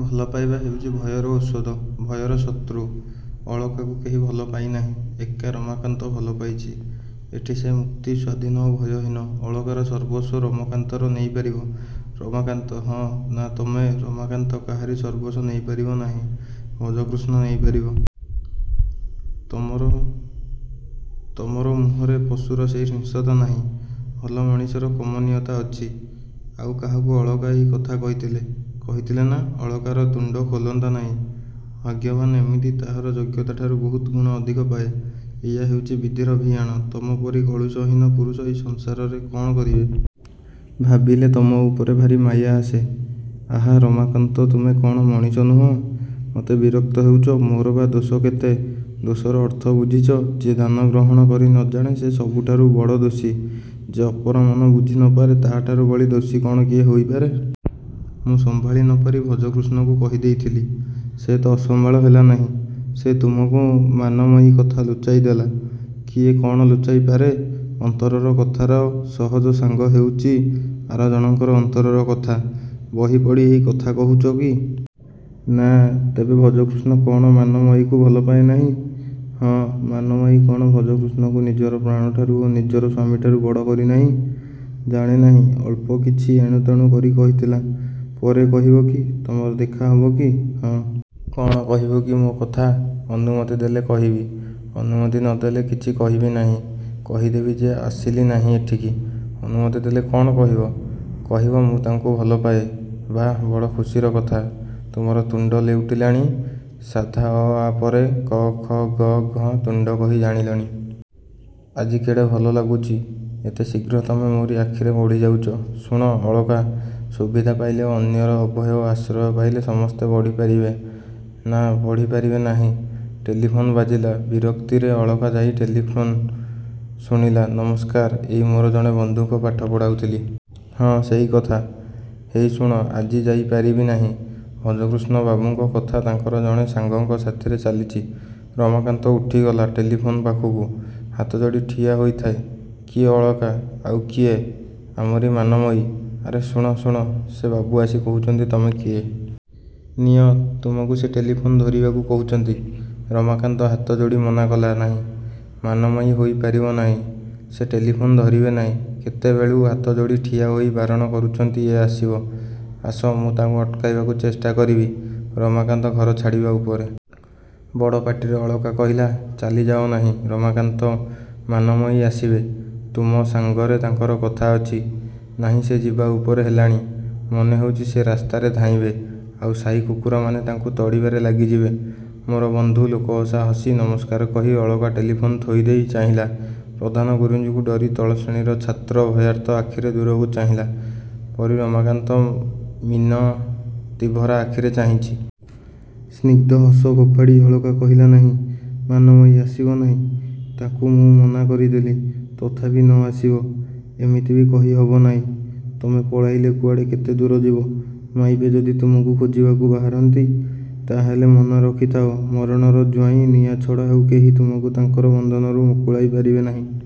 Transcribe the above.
ଭଲ ପାଇବା ହେଉଛି ଭୟର ଔଷଧ–ଭୟର ଶତ୍ରୁ। ଅଳକାକୁ କେହି ଭଲ ପାଇନାହିଁ–ଏକା ରମାକାନ୍ତ ଭଲ ପାଇଛି। ଏଠି ସେ ମୁକ୍ତି, ସ୍ୱାଧୀନ ଓ ଭୟହୀନ। ଅଳକାର ସର୍ବସ୍ୱ ରମାକାନ୍ତର।... ନେଇପାରିବ ରମାକାନ୍ତ? –ହଁ। –ନା, ତମେ ରମାକାନ୍ତ କାହାରି ସର୍ବସ୍ୱ ନେଇପାରିବ ନାହିଁ। ଭଜକୃଷ୍ଣ ନେଇ ପାରିବ। ତମର ମୁହଁରେ ପଶୁର ସେହି ହିଂସ୍ରତା ନାହିଁ। ଭଲ ମଣିଷର କମନୀୟତା ଅଛି ଆଉ କାହାକୁ ଅଳକା ଏହି କଥା କହିଥିଲେ–କହିଥିଲେ ନା, ଅଳକାର ତୁଣ୍ଡ ଖୋଲନ୍ତା ନାହିଁ। ଭାଗ୍ୟବାନ୍ ଏମିତି ତାହାର ଯୋଗ୍ୟତାଠାରୁ ବହୁତଗୁଣ ଅଧିକ ପାଏ। ଏଇଆ ହେଉଛି ବିଧିର ଭିଆଣ। ତମପରି କଳୁଷ–ହୀନ ପୁରୁଷ ଏଇ ସଂସାରରେ କ'ଣ କରିବେ? –ଭାବିଲେ ତମ ଉପରେ ଭାରି ମାୟା ଆସେ–ଆହା–ରମାକାନ୍ତ, ତୁମେ କ'ଣ ମଣିଷ ନୁହଁ? –ମତେ ବିରକ୍ତ ହେଉଛ। ମୋର ବା ଦୋଷ କେତେ? –ଦୋଷର ଅର୍ଥ ବୁଝିଛ। ଯିଏ ଦାନ ଗ୍ରହଣ କରି ନ ଜାଣେ ସେ ସବୁଠାରୁ ବଡ଼ ଦୋଷୀ-। ଯେ ଅପରର ମନ ବୁଝି ନ ପାରେ ତାହାଠାରୁ ବଳି ଦୋଷୀ କ'ଣ କିଏ ହେଇପାରେ-? –ମୁଁ ସମ୍ଭାଳି ନ ପାରି ଭଜକୃଷ୍ଣକୁ କହି ଦେଇଥିଲି। –ସେ ତ ଅସମ୍ଭାଳ ହେଲା ନାହିଁ। ସେ ତୁମକୁ ମାନମୟୀ କଥା ଲୁଚାଇ ଦେଲା। –କିଏ କ'ଣ ଲୁଚାଇପାରେ? ଅନ୍ତରର କଥାର ସହଜ ସାଙ୍ଗ ହେଉଛି ଆର ଜଣକର ଅନ୍ତରର କଥା। –ବହି ପଢ଼ି ଏଇ କଥା କହୁଛ କି? –ନା। –ତେବେ ଭଜକୃଷ୍ଣ କ'ଣ ମାନମୟୀକୁ ଭଲପାଏ ନାହିଁ? –ହଁ। –ମାନମୟୀ କ'ଣ ଭଜକୃଷ୍ଣକୁ ନିଜର ପ୍ରାଣଠାରୁ ଓ ନିଜର ସ୍ୱାମୀଠାରୁ ବଡ଼ କରିନାହିଁ? –ଜାଣେ ନାହିଁ। ଅଳ୍ପ କିଛି ଏଣୁତେଣୁ କରି କହିଥିଲା। –ପରେ କହିବ କି? ତମର ଦେଖା ହବ କି? –ହଁ। –କ'ଣ କହିବ କି ମୋ' କଥା? –ଅନୁମତି ଦେଲେ କହିବି। –ଅନୁମତି ନ ଦେଲେ– –କିଛି କହିବି ନାହିଁ। କହିଦେବି ଯେ ଆସିଲି ନାହିଁ ଏଠିକି। –ଅନୁମତି ଦେଲେ କ'ଣ କହିବ? –କହିବି ମୁଁ ତାଙ୍କୁ ଭଲ ପାଏ। –ବାଃ, ବଡ଼ ଖୁସିର କଥା। ତୁମର ତୁଣ୍ଡ ଲେଉଟିଲାଣି–ସାଧା ଅ–ଆ ପରେ ଙ୍କ–ଙ୍ଖ–ଙ୍ଗ–ଙ୍ଘ ତୁଣ୍ଡ କହି ଜାଣିଲଣି। ଆଜି କେଡ଼େ ଭଲ ଲାଗୁଛି–ଏତେ ଶୀଘ୍ର ତମେ ମୋରି ଆଖିରେ ବଢ଼ିଯାଉଛ। –ଶୁଣ, ଅଳକା, ସୁବିଧା ପାଇଲେ ଓ ଅନ୍ୟର ଅଭୟ ଓ ଆଶ୍ରୟ ପାଇଲେ ସମସ୍ତେ ବଢ଼ି ପାରିବେ। –ନା, ବଢ଼ି ପାରିବେ ନାହିଁ। ଟେଲିଫୋନ୍ ବାଜିଲା– ବିରକ୍ତିରେ ଅଳକା ଯାଇ ଟେଲିଫୋନ୍ରେ ଶୁଣିଲା–ନମସ୍କାର–ଏଇ ମୋର ଜଣେ ବନ୍ଧୁଙ୍କୁ ପାଠ ପଢ଼ାଉଥିଲି। –ହଁ ସେଇକଥା। ହେଇ ଶୁଣ, ଆଜି ଯାଇ ପାରିବି ନାହିଁ। ଭଜକୃଷ୍ଣବାବୁଙ୍କ କଥା ତାଙ୍କର ଜଣେ ସାଙ୍ଗଙ୍କ ସାଥିରେ ଚାଲିଛି ରମାକାନ୍ତ ଉଠିଗଲା ଟେଲିଫୋନ୍ ପାଖକୁ। ହାତଯୋଡ଼ି ଠିଆ ହୋଇଥାଏ। କିଏ ଅଳକା? –ଆଉ କିଏ? ଆମରି ମାନମୟୀ। –ଆରେ ଶୁଣ–ଶୁଣ। ସେ ବାବୁ ଆସି କହୁଛନ୍ତି–ତମେ କିଏ? –ନିଅ, ତୁମକୁ ସେ ଟେଲିଫୋନ୍ ଧରିବାକୁ କହୁଛନ୍ତି। –ରମାକାନ୍ତ ହାତଯୋଡ଼ି ମନା କଲା। ନାହିଁ, ମାନମୟୀ–ହୋଇ ପାରିବ ନାହିଁ। ସେ ଟେଲିଫୋନ୍ ଧରିବେ ନାହିଁ। କେତେବେଳୁ ହାତଯୋଡ଼ି ଠିଆ ହୋଇ ବାରଣ କରୁଛନ୍ତି ଏଁ, ଆସିବ? –ଆସ। –ମୁଁ ତାଙ୍କୁ ଅଟକାଇବାକୁ ଚେଷ୍ଟା କରିବି। ରମାକାନ୍ତ ଘର ଛାଡ଼ିବା ଉପରେ। ବଡ଼ ପାଟିରେ ଅଳକା କହିଲା–ଚାଲିଯାଅ ନାହିଁ ରମାକାନ୍ତ। ମାନମୟୀ ଆସିବେ। ତୁମ। ସାଙ୍ଗରେ ତାଙ୍କର କଥା ଅଛି। –ନାହିଁ, ସେ ଯିବା ଉପରେ ହେଲାଣି। ମନେ ହେଉଛି ସେ ରାସ୍ତାରେ ଧାଇଁବେ। ଆଉ ସାଇ କୁକୁରମାନେ ତାଙ୍କୁ ତଡ଼ିବାରେ ଲାଗିଯିବେ। ମୋର ବନ୍ଧୁ ଲୋକହସା ହସି ନମସ୍କାର କହି ଅଳକା ଟେଲିଫୋନ୍ ଥୋଇଦେଇ ଚାହିଁଲା–ପ୍ରଧାନ ଗୁରୁଜୀଙ୍କୁ ଡରି ତଳ ଶ୍ରେଣୀର ଛାତ୍ର ଭୟାର୍ତ୍ତ ଆଖିରେ ଦୂରକୁ ଚାହିଁଲା ପରି–ରମାକାନ୍ତ ମିନତିଭରା ଆଖିରେ ଚାହିଁଛି। ସ୍ନିଗ୍ଧ ହସ ଫୋପାଡ଼ି ଅଳକା କହିଲା–ନାହିଁ। ମାନମୟୀ ଆସିବ ନାହିଁ। ତା'କୁ ମୁଁ ମନା କରିଦେଲି। ତଥାପି ନ ଆସିବ, ଏମିତି ବି କହି ହବ ନାହିଁ? ତମେ ପଳାଇଲେ କୁଆଡ଼େ କେତେ ଦୂର ଯିବ? ମାଇପେ ଯଦି ତୁମକୁ ଖୋଜିବାକୁ ବାହାରନ୍ତି ତାହାହେଲେ ମନ ରଖିଥାଅ–ମରଣର ଜୁଇ ନିଆଁ ଛଡ଼ା ଆଉ କେହି ତୁମକୁ ତାଙ୍କର ବନ୍ଧନରୁ ମୁକୁଳାଇ ପାରିବ ନାହିଁ-।